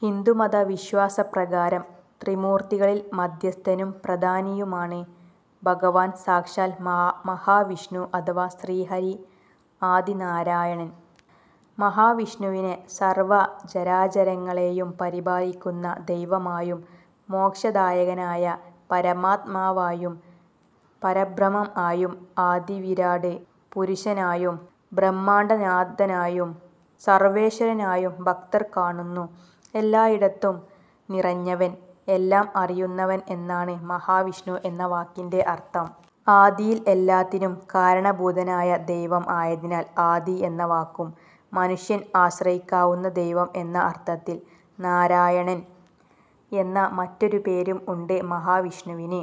ഹിന്ദുമത വിശ്വാസപ്രകാരം ത്രിമൂർത്തികളിൽ മധ്യസ്ഥനും, പ്രധാനിയുമാണ് ഭഗവാൻ സാക്ഷാൽ മഹാവിഷ്ണു അഥവാ ശ്രീഹരി ആദിനാരായണൻ. ' മഹാ വിഷ്ണുവിനെ സർവ്വചരാചരങ്ങളെയും പരിപാലിക്കുന്ന ദൈവമായും മോക്ഷദായകനായ "പരമാത്മാവായും", "പരബ്രഹ്മം ആയും", "ആദി വിരാട് പുരുഷനായും", "ബ്രഹ്മാണ്ഡനാഥനായും", "സർവ്വേശ്വരനായും" ഭക്തർ കാണുന്നു. "എല്ലായിടത്തും നിറഞ്ഞവൻ", "എല്ലാം അറിയുന്നവൻ" എന്നാണ് മഹാവിഷ്ണു എന്ന വാക്കിന്റെ അർത്ഥം. ആദിയിൽ എല്ലാത്തിനും കാരണഭൂതനായ ദൈവം ആയതിനാൽ "ആദി" എന്ന വാക്കും; "മനുഷ്യന് ആശ്രയിക്കാവുന്ന ദൈവം" എന്ന അർത്ഥത്തിൽ "നാരായണൻ" എന്ന് മറ്റൊരു പേരും ഉണ്ട് മഹാവിഷ്ണുവിന്.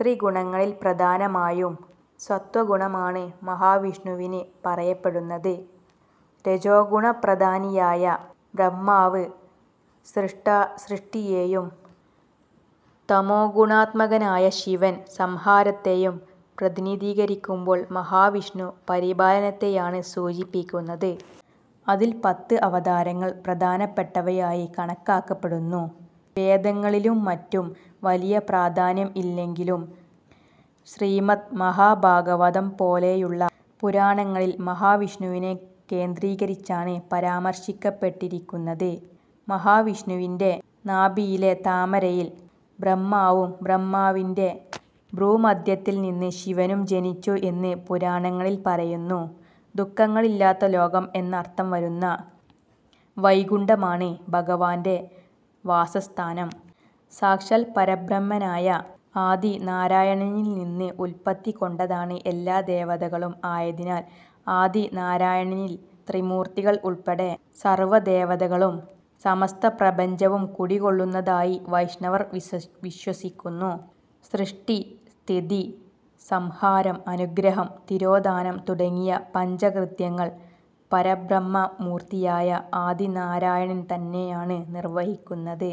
ത്രിഗുണങ്ങളിൽ പ്രധാനമായും സത്വഗുണമാണ് മഹാവിഷ്ണുവിന് പറയപ്പെടുന്നത്. രജോഗുണപ്രധാനിയായ ബ്രഹ്മാവ് സൃഷ്ടിയേയും തമോഗുണാത്മകനായ ശിവൻ സംഹാരത്തേയും പ്രതിനിധീകരിക്കുമ്പോൾ മഹാവിഷ്ണു പരിപാലനത്തെയാണ് സൂചിപ്പിക്കുന്നത്. അതിൽ പത്ത് അവതാരങ്ങൾ പ്രധാനപ്പെട്ടവയായി കണക്കാക്കപ്പെടുന്നു. വേദങ്ങളിലും മറ്റും വലിയ പ്രാധാന്യം ഇല്ലെങ്കിലും ശ്രീമദ് മഹാഭാഗവതം പോലെയുള്ള പുരാണങ്ങളിൽ മഹാവിഷ്ണുവിനെ കേന്ദ്രീകരിച്ചാണ് പരാമർശിക്കപ്പെട്ടിരിക്കുന്നത്. മഹാവിഷ്ണുവിന്റെ നാഭിയിലെ താമരയിൽ ബ്രഹ്മാവും ബ്രഹ്മാവിന്റെ ഭ്രൂമധ്യത്തിൽനിന്ന് ശിവനും ജനിച്ചു എന്ന് പുരാണങ്ങളിൽ പറയുന്നു. ദുഃഖങ്ങളില്ലാത്ത ലോകം എന്നർത്ഥം വരുന്ന "വൈകുണ്ഠമാണ്" ഭഗവാന്റെ വാസസ്ഥാനം. സാക്ഷാൽ പരബ്രഹ്മനായ ആദിനാരായണനിൽ നിന്നു ഉൽപത്തി കൊണ്ടതാണ് എല്ലാ ദേവതകളും ആയതിനാൽ ആദിനാരായണനിൽ ത്രിമൂർത്തികൾ ഉൾപ്പെടെ സർവ്വ ദേവതകളും, സമസ്ഥപ്രപഞ്ചവും കുടികൊള്ളുന്നതായി വൈഷ്ണവർ വിശ്വസിക്കുന്നു. സൃഷ്ടി, സ്ഥിതി, സംഹാരം, അനുഗ്രഹം, തിരോധാനം തുടങ്ങിയ പഞ്ചകൃത്യങ്ങൾ പരബ്രഹ്മ മൂർത്തിയായ ആദിനാരായണൻതന്നെ ആണ് നിർവഹിക്കുന്നത്.